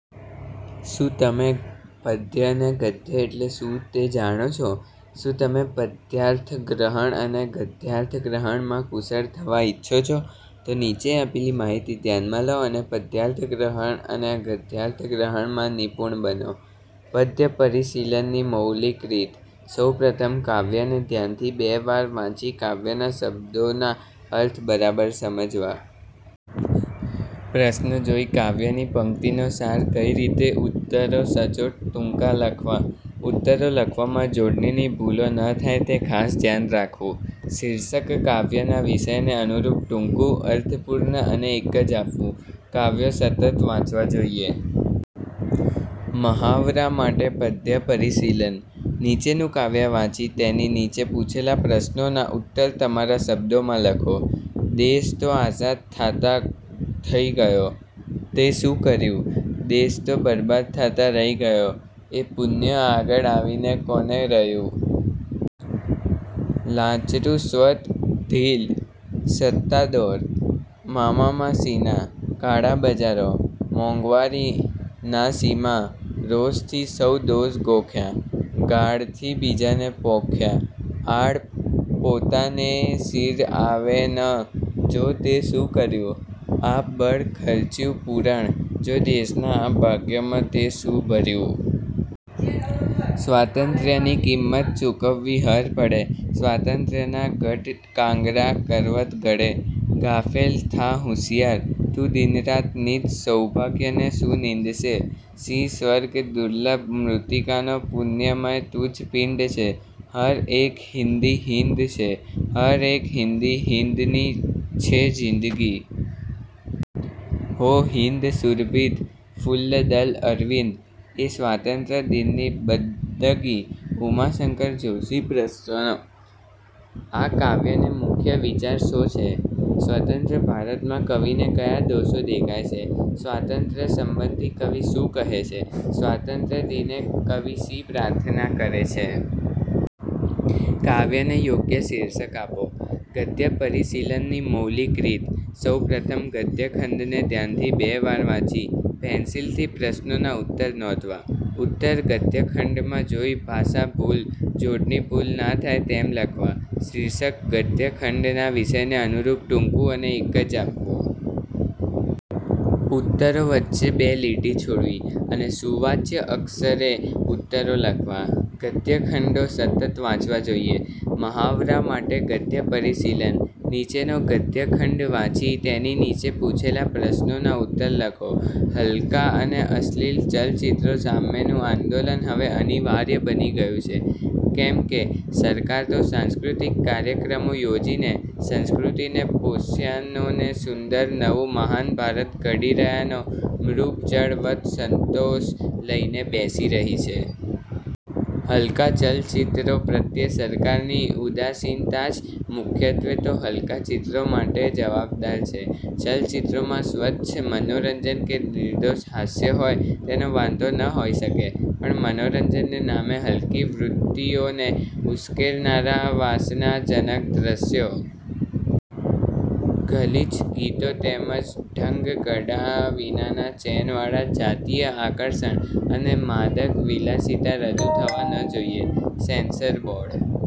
શું તમે પદ્ય અને ગદ્ય એટલે શુંં તે જાણો છો? શું તમે પદ્યાર્થગ્રહણ અને ગદ્યાર્થગ્રહણમાં કુશળ થવા ઇચ્છો છો. તો નીચે આપેલી માહિતી ધ્યાનમાં લો અને પદ્યાર્થગ્રહણ અને ગદ્યાર્થગ્રહણમાં નિપુણ બનો. પદ્ય પરિશીલનની મૌલિક રીત: સૌ પ્રથમ કાવ્યને ધ્યાનથી બે વાર વાંચી કાવ્યના શબ્દોના અર્થ બરાબર સમજવા. પ્રશ્નો જોઈ કાવ્યની પંક્તિનો સાર કરી ઉત્તરો સચોટ, ટૂંકા લખવા. ઉત્તરો લખવામાં જોડણીની ભૂલો ન થાય તે ખાસ ધ્યાન રાખવું. શીર્ષક કાવ્યના વિષયને અનુરૂપ ટૂંકું, અર્થપૂર્ણ અને એક જ આપવું. કાવ્યો સતત વાંચવા જોઈએ. મહાવરા માટે પદ્યપરિશીલન: નીચેનું કાવ્ય વાંચી તેની નીચે પૂછેલા પ્રશ્નોના ઉત્તર તમારા શબ્દોમાં લખો. દેશ તો આઝાદ થાતાં થઈ ગયો, તેં શું કર્યું? દેશ તો બરબાદ થાતાં રહી ગયો, એ પુણ્ય આગળ આવીને કોને રહ્યું? લાંચરુશ્વત, ઢીલ, સત્તાદોર, મામામાસીના, કાળા બજારો, મોંઘવારી; ના સીમા! રોષથી સૌ દોષ ગોખ્યાં, ગાળથી બીજાને પોખ્યાં. આળ પોતાનેય શિર આવે ન, જો! તે શું કર્યું? આપબળ ખચ્યુઁ પૂરણ? જો, દેશના આ ભાગ્યમાં તેં શું ભર્યું? સ્વાતંત્ર્યની કિંમત ચૂકવવી હર પળે; સ્વાતંત્ર્યના ગઢકાંગરા: કરવત ગળે. ગાફેલ, થા હુશિયાર! તું દિનરાત નિજ સૌભાગ્યને શું નિંદશે? શી સ્વર્ગદુર્લભ મૃતિકાનો પુણ્યમય તુજ પિંડ છે! હર એક હિંદી હિંદ છે. હર એક હિંદી હિંદની છે જિંદગી. હો હિંદ સુરભિત ફુલ્લદલ અરવિંદ: એ સ્વાતંત્ર્ય દિનની બંદગી. ઉમાશંકર જોષી પ્રશ્નો: આ કાવ્યનો મુખ્ય વિચાર શો છે? સ્વતંત્ર ભારતમાં કવિને ક્યા દોષો દેખાય છે? સ્વાતંત્ર્ય સંબંધી કવિ શું કહે છે? સ્વાતંત્ર્ય દિને કવિ શી પ્રાર્થના કરે છે? કાવ્યને યોગ્ય શીર્ષક આપો. ગદ્ય પરિશીલનની મૌલિક રીત: સૌ પ્રથમ ગદ્યખંડને ધ્યાનથી બે વાર વાંચી પેન્સિલથી પ્રશ્નોના ઉત્તર નોંધવા. ઉત્તર ગદ્યખંડમાં જોઈ ભાષા ભૂલ, જોડણી ભૂલ ના થાય તેમ લખવા. શીર્ષક ગદ્યખંડના વિષયને અનુરૂપ ટૂંકું અને એક જ આપવું. ઉત્તરો વચ્ચે બે લીટી છોડવી અને સુવાચ્ય અક્ષરે ઉત્તરો લખવા. ગદ્યખંડો સતત વાંચવા જોઈએ. મહાવરા માટે ગદ્યપરિશીલન: નીચેનો ગદ્યખંડ વાંચી તેની નીચે પૂછેલા પ્રશ્નોના ઉત્તર લખો. હલકાં અને અશ્લિલ ચલચિત્રો સામેનું આંદોલન હવે અનિવાર્ય બની ગયું છે, કેમ કે સરકાર તો સાંસ્કૃતિક કાર્યક્રમો યોજીને સંસ્કૃતિને પોષ્યાનો ને સુંદર નવું મહાન ભારત ઘડી રહ્યાનો મૃગજળવત્ સંતોષ લઈને બેસી રહી છે. હલકાં ચલચિત્રો પ્રત્યેની સરકારની ઉદાસીનતા જ મુખ્યત્વે તો હલકાં ચિત્રો માટે જવાબદાર છે. ચલચિત્રોમાં સ્વચ્છ મનોરંજન કે નિર્દોષ હાસ્ય હોય તેનો વાંધો ન હોઈ શકે, પણ મનોરંજનને નામે હલકી વૃત્તિઓને ઉશ્કેરનારા વાસનાજનક દ્રશ્યો, ગલીચ ગીતો તેમ જ ઢંગધડા વિનાના ચેનવાળા, જાતીય આકર્ષણ અને માદક વિલાસિતા રજૂ થવાં ન જોઈએ, સેન્સર બોર્ડ